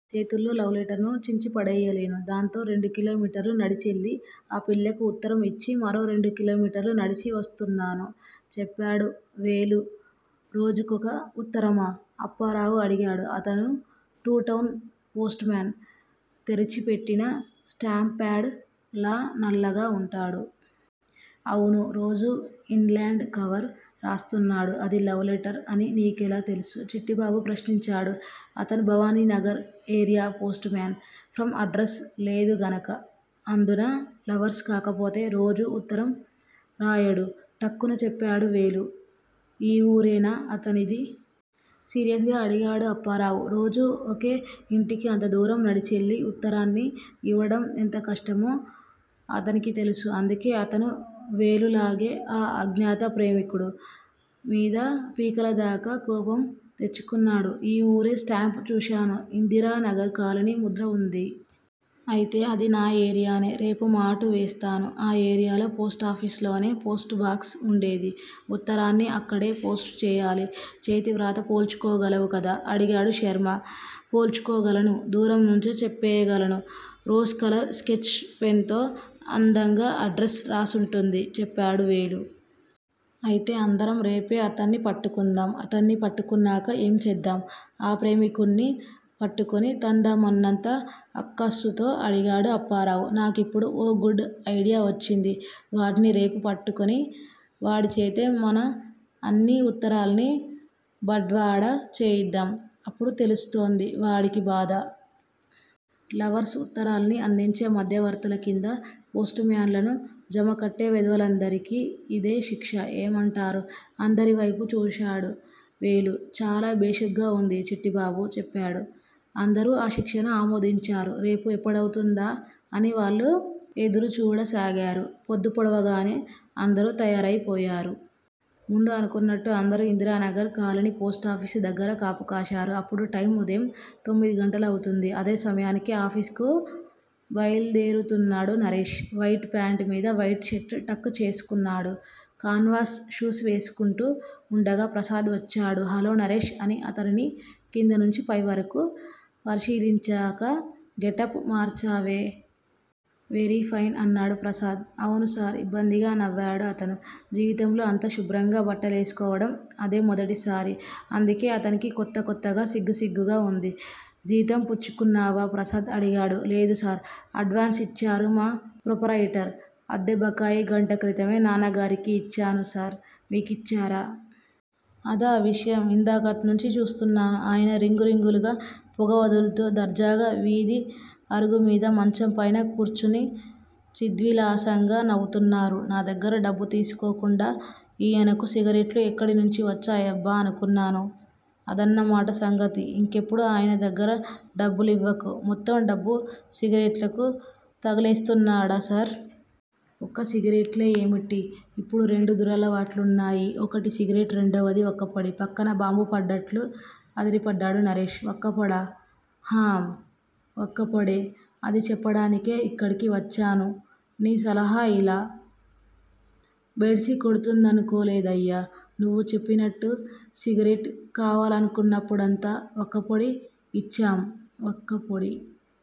నా చేతుల్తో love letter ను చించిపడెయ్యలేను. దాంతో రెండు కిలోమీటర్లు నడిచెళ్ళి ఆ పిల్లకు ఉత్తరం యిచ్చి మరో రెండు కిలోమీటర్లు నడిచి వస్తున్నాను. చెప్పాడు వేలు. రోజుకొక ఉత్తరమా? అప్పారావు అడిగాడు. అతను టు టౌన్ పోస్టుమాన్. తెరిచిపెట్టిన స్టాంప్ ప్యాడ్ లా నల్లగా వుంటాడు. అవును. రోజూ ఇన్ ల్యాండ్ కవర్ రాస్తున్నాడు. అది లవ్ లెటర్ అని నీకెలా తెలుసు? చిట్టిబాబు ప్రశ్నించాడు అతను Bhavaninagar area postman. From address లేదుగనుక. అందునా లవర్స్ కాకపోతే రోజూ ఉత్తరం రాయడు ఠక్కున చెప్పాడు వేలు. ఈ వూరేనా అతనిది? సీరియస్ గా అడిగాడు అప్పారావు రోజూ ఒకే ఇంటికి అంతదూరం నడిచెళ్ళి వుత్తరాన్ని ఇవ్వడం ఎంత కష్టమో అతనికి తెలుసు. అందుకే అతనూ వేలులాగే ఆ అజ్ఞాత ప్రేమికుడు మీద పీకలదాకా కోపం తెచ్చుకున్నాడు. ఈ వూరే, స్టాంప్ చూశాను. ఇందిరానగర్ కాలనీ ముద్ర వుంది. అయితే అది నా ఏరియానే. రేపు మాటు వేస్తాను. ఆ ఏరియాలో పోస్టాఫీసులోనే పోస్టుబాక్స్ వుండేది. ఉత్తరాన్ని అక్కడే పోస్టు చేయాలి. చేతివ్రాత పోల్చుకోగలవు కదా అడిగాడు శర్మ. పోల్చుకోగలను దూరంనుంచే చెప్పేయగలను. రోస్ కలర్ స్కెచ్ పెన్ తో అందంగా అడ్రస్ రాసుంటుంది చెప్పాడు వేలు. అయితే అందరం రేపే అతన్ని పట్టుకుందాం. అతన్ని పట్టుకున్నాక ఏం చేద్దాం? ఆ ప్రేమికుడ్ని పట్టుకుని తందామన్నంత అక్కసుతో అడిగాడు అప్పారావు. నాకిప్పుడు ఓ గుడ్ ఐడియా వచ్చింది. వాడ్ని రేపు పట్టుకుని వాడిచేతే మన అన్ని వుత్తరాల్నీ బట్వాడా చేయిద్దాం. అప్పుడు తెలుస్తోంది వాడికి బాధ. లవర్స్ ఉత్తరాల్ని అందించే మధ్యవర్తుల కింద పోస్టుమ్యాన్ లను జమకట్టే వెధవలందరికీ ఇదే శిక్ష. ఏమంటారు? అందరివైపు చూశాడు వేలు. చాలా భేషుగ్గా వుంది చిట్టిబాబు చెప్పాడు. అందరూ ఆ శిక్షను ఆమోదించారు. రేపు ఎప్పుడౌతుందా అని వాళ్ళు ఎదురుచూడసాగారు. పొద్దు పొడవగానే అందరూ తయారైపోయారు. ముందు అనుకున్నట్టు అందరూ ఇందిరానగర్ కాలనీ పోస్టాఫీసు దగ్గర కాపు కాశారు. అప్పుడు టైమ్ ఉదయం తొమ్మిదిగంటలవుతోంది. అదే సమయానికి ఆఫీస్ కు బయల్దేరుతున్నాడు నరేష్. వైట్ ఫ్యాంట్ మీద వైట్ షర్ట్ టక్ చేసుకున్నాడు. కాన్వాస్ షూస్ వేసుకుంటూ వుండగా ప్రసాద్ వచ్చాడు. హలో నరేష్ అని అతనిని కిందనుంచి పైవరకూ పరిశీలించాక గెటప్ మార్చావే. వెరీఫైన్ అన్నాడు ప్రసాద్. అవును సార్ ఇబ్బందిగా నవ్వాడు అతను. జీవితంలో అంత శుభ్రంగా బట్టలేసుకోవడం అదే మొదటిసారి. అందుకే అతనికి కొత్త కొత్తగా సిగ్గుసిగ్గుగా వుంది. జీతం పుచ్చుకున్నావా? ప్రసాద్ అడిగాడు. లేదు సార్. అడ్వాన్స్ ఇచ్చారు మా ప్రొప్రయిటర్. అద్దె బకాయి గంట క్రితమే నాన్నగారికి ఇచ్చాను సార్ మీకిచ్చారా? అదా విషయం. ఇందాకట్నుంచీ చూస్తున్నాను. ఆయన రింగు రింగులుగా పొగ వదులుతూ దర్జాగా వీధి అరుగుమీద మంచంపైన కూర్చుని చిద్విలాసంగా నవ్వుతున్నారు. నా దగ్గర డబ్బు తీసుకోకుండా ఈయనకు సిగరెట్లు ఎక్కడి నుంచి వచ్చాయబ్బా అనుకున్నాను. అదన్నమాట సంగతి. ఇంకెప్పుడూ ఆయన దగ్గర డబ్బులివ్వకు. మొత్తం డబ్బూ సిగరెట్లకు తగలేస్తున్నాడా సార్? ఒక్క సిగరెట్లే యేమిటి? ఇప్పుడు రెండు దురలవాట్లున్నాయి. ఒకటి సిగరెట్. రెండోది వక్కపొడి. పక్కన బాంబుపడ్డట్లు అదిరిపడ్డాడు నరేష్. వక్కపొడా? ఆఁ వక్కపొడే! అది చెప్పడానికే ఇక్కడికి వచ్చాను. నీ సలహా యిలా బెడిసికొడుతుందనుకోలేదయ్యా! నువ్వు చెప్పినట్టు సిగరెట్ కావాలనుకున్నప్పుడంతా వక్కపొడి యిచ్చాం. వక్కపొడి